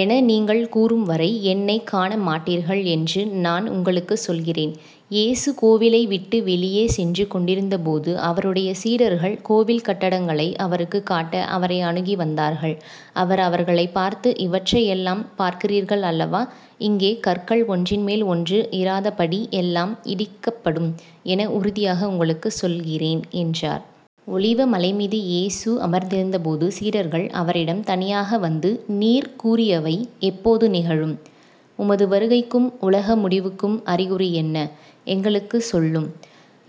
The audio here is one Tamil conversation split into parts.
என நீங்கள் கூறும்வரை என்னைக் காண மாட்டீர்கள் என்று நான் உங்களுக்குச் சொல்கிறேன். இயேசு கோவிலைவிட்டு வெளியே சென்றுகொண்டிருந்தபோது அவருடைய சீடர்கள் கோவில் கட்டடங்களை அவருக்குக் காட்ட அவரை அணுகி வந்தார்கள். அவர் அவர்களைப் பார்த்து, இவற்றையெல்லாம் பார்க்கிறீர்கள் அல்லவா. இங்கே, கற்கள் ஒன்றின்மேல் ஒன்று இராதபடி எல்லாம் இடிக்கப்படும் என உறுதியாக உங்களுக்குச் சொல்கிறேன்" என்றார். ஒலிவ மலைமீது இயேசு அமர்ந்திருந்தபோது சீடர்கள் அவரிடம் தனியாக வந்து,"நீர் கூறியவை எப்போது நிகழும்? உமது வருகைக்கும் உலக முடிவுக்கும் அறிகுறி என்ன? எங்களுக்குச் சொல்லும்"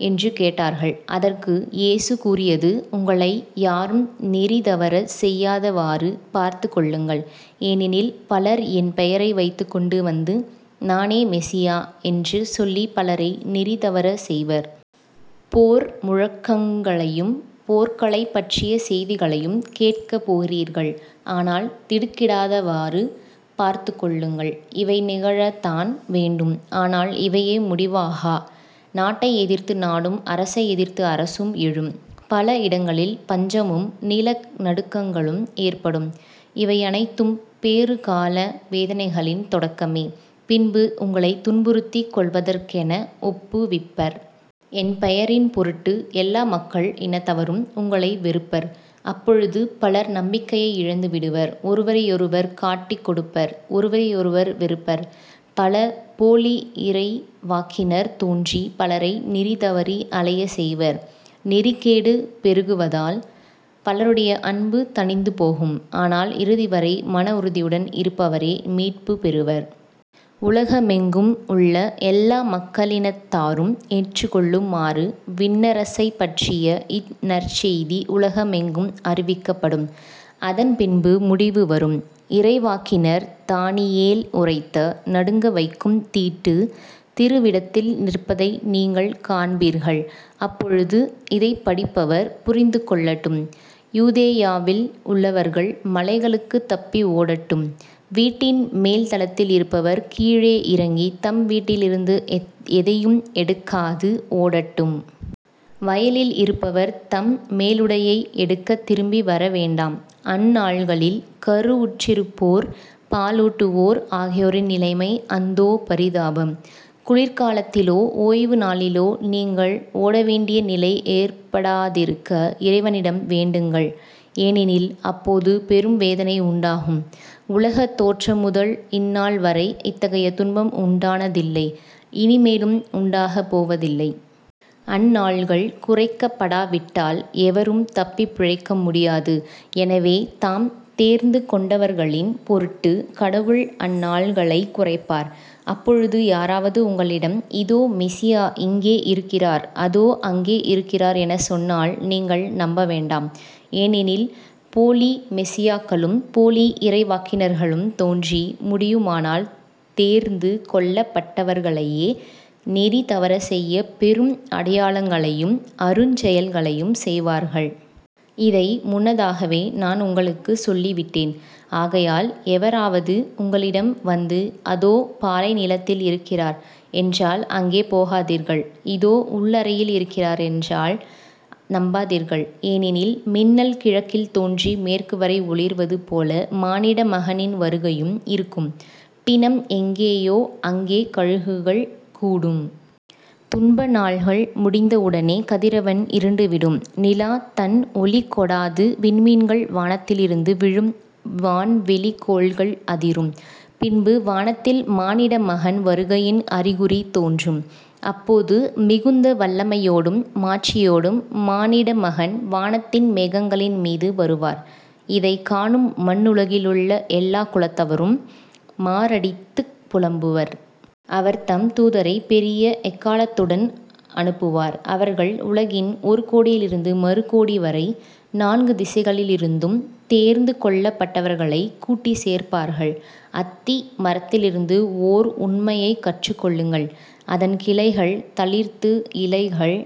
என்று கேட்டார்கள். அதற்கு இயேசு கூறியது உங்களை யாரும் நெறிதவறச் செய்யாதவாறு பார்த்துக் கொள்ளுங்கள். ஏனெனில் பலர் என் பெயரை வைத்துக் கொண்டு வந்து,"நானே மெசியா" என்று சொல்லிப் பலரை நெறி தவறச் செய்வர். போர் முழக்கங்களையும் போர்களைப்பற்றிய செய்திகளையும் கேட்கப் போகிறீர்கள். ஆனால் திடுக்கிடாதவாறு பார்த்துக்கொள்ளுங்கள். இவை நிகழத்தான் வேண்டும். ஆனால் இவையே முடிவாகா. நாட்டை எதிர்த்து நாடும் அரசை எதிர்த்து அரசும் எழும். பல இடங்களில் பஞ்சமும் நில நடுக்கங்களும் ஏற்படும். இவையனைத்தும் பேறுகால வேதனைகளின் தொடக்கமே. பின்பு உங்களைத் துன்புறுத்திக் கொல்வதற்கென ஒப்புவிப்பர். என் பெயரின் பொருட்டு எல்லா மக்கள் இனத்தவரும் உங்களை வெறுப்பர். அப்பொழுது பலர் நம்பிக்கையை இழந்துவிடுவர் ஒருவரையொருவர் காட்டிக்கொடுப்பர் ஒருவரையொருவர் வெறுப்பர். பல போலி இறைவாக்கினர் தோன்றிப் பலரை நெறிதவறி அலையச் செய்வர். நெறிகேடு பெருகுவதால் பலருடைய அன்பு தணிந்துபோகும். ஆனால் இறுதிவரை மன உறுதியுடன் இருப்பவரே மீட்புப் பெறுவர். உலகமெங்கும் உள்ள எல்லா மக்களினத்தாரும் ஏற்றுக்கொள்ளுமாறு விண்ணரசைப்பற்றிய இந்நற்செய்தி உலகமெங்கும் அறிவிக்கப்படும். அதன் பின்பு முடிவு வரும். "இறைவாக்கினர் தானியேல் உரைத்த,"நடுங்கவைக்கும் தீட்டு" திருவிடத்தில் நிற்பதை நீங்கள் காண்பீர்கள். அப்பொழுது இதைப்படிப்பவர் புரிந்துகொள்ளட்டும். யூதேயாவில் உள்ளவர்கள் மலைகளுக்குத் தப்பி ஓடட்டும். வீட்டின் மேல்தளத்தில் இருப்பவர் கீழே இறங்கித் தம் வீட்டிலிருந்து எதையும் எடுக்காது ஓடட்டும். வயலில் இருப்பவர் தம் மேலுடையை எடுக்கத் திரும்பி வரவேண்டாம். அந்நாள்களில் கருவுற்றிருப்போர் பாலூட்டுவோர் ஆகியோரின் நிலைமை அந்தோ பரிதாபம். குளிர்காலத்திலோ ஓய்வு நாளிலோ நீங்கள் ஓடவேண்டிய நிலை ஏற்படாதிருக்க இறைவனிடம் வேண்டுங்கள். ஏனெனில் அப்போது பெரும் வேதனை உண்டாகும். உலகத் தோற்றமுதல் இந்நாள்வரை இத்தகைய துன்பம் உண்டானதில்லை இனிமேலும் உண்டாகப்போவதில்லை. அந்நாள்கள் குறைக்கப்படாவிட்டால் எவரும் தப்பிப் பிழைக்கமுடியாது. எனவே தாம் தேர்ந்துகொண்டவர்களின் பொருட்டுக் கடவுள் அந்நாள்களைக் குறைப்பார். அப்பொழுது யாராவது உங்களிடம்,"இதோ, மெசியா இங்கே இருக்கிறார். அதோ, அங்கே இருக்கிறார்" எனச் சொன்னால் நீங்கள் நம்ப வேண்டாம். ஏனெனில் போலி மெசியாக்களும், போலி இறைவாக்கினர்களும் தோன்றி, முடியுமானால் தேர்ந்து கொள்ளப்பட்டவர்களையே நெறி தவறச் செய்ய பெரும் அடையாளங்களையும் அருஞ் செயல்களையும் செய்வார்கள். இதை முன்னதாகவே நான் உங்களுக்குச் சொல்லி விட்டேன். ஆகையால் எவராவது உங்களிடம் வந்து,"அதோ, பாலைநிலத்தில் இருக்கிறார்" என்றால் அங்கே போகாதீர்கள்"இதோ, உள்ளறையில் இருக்கிறார்" என்றால் நம்பாதீர்கள். ஏனெனில் மின்னல் கிழக்கில் தோன்றி மேற்குவரை ஒளிர்வது போல மானிட மகனின் வருகையும் இருக்கும். பிணம் எங்கேயோ அங்கே கழுகுகள் கூடும். "துன்பநாள்கள் முடிந்த உடனே கதிரவன் இருண்டுவிடும் நிலா தன் ஒளி கொடாது விண்மீன்கள் வானத்திலிருந்து விழும் வான்வெளிக்கோள்கள் அதிரும். பின்பு வானத்தில் மானிட மகன் வருகையின் அறிகுறி தோன்றும். அப்போது மிகுந்த வல்லமையோடும் மாட்சியோடும் மானிட மகன் வானத்தின் மேகங்களின்மீது வருவார். இதைக் காணும் மண்ணுலகிலுள்ள எல்லாக் குலத்தவரும் மாரடித்துப் புலம்புவர். அவர் தம் தூதரைப் பெரிய எக்காளத்துடன் அனுப்புவார். அவர்கள் உலகின் ஒரு கோடியிலிருந்து மறு கோடிவரை நான்கு திசைகளிலிருந்தும் தேர்ந்துகொள்ளப்பட்டவர்களைக் கூட்டிச் சேர்ப்பார்கள். " அத்தி மரத்திலிருந்து ஓர் உண்மையைக் கற்றுக்கொள்ளுங்கள். அதன் கிளைகள் தளிர்த்து இலைகள்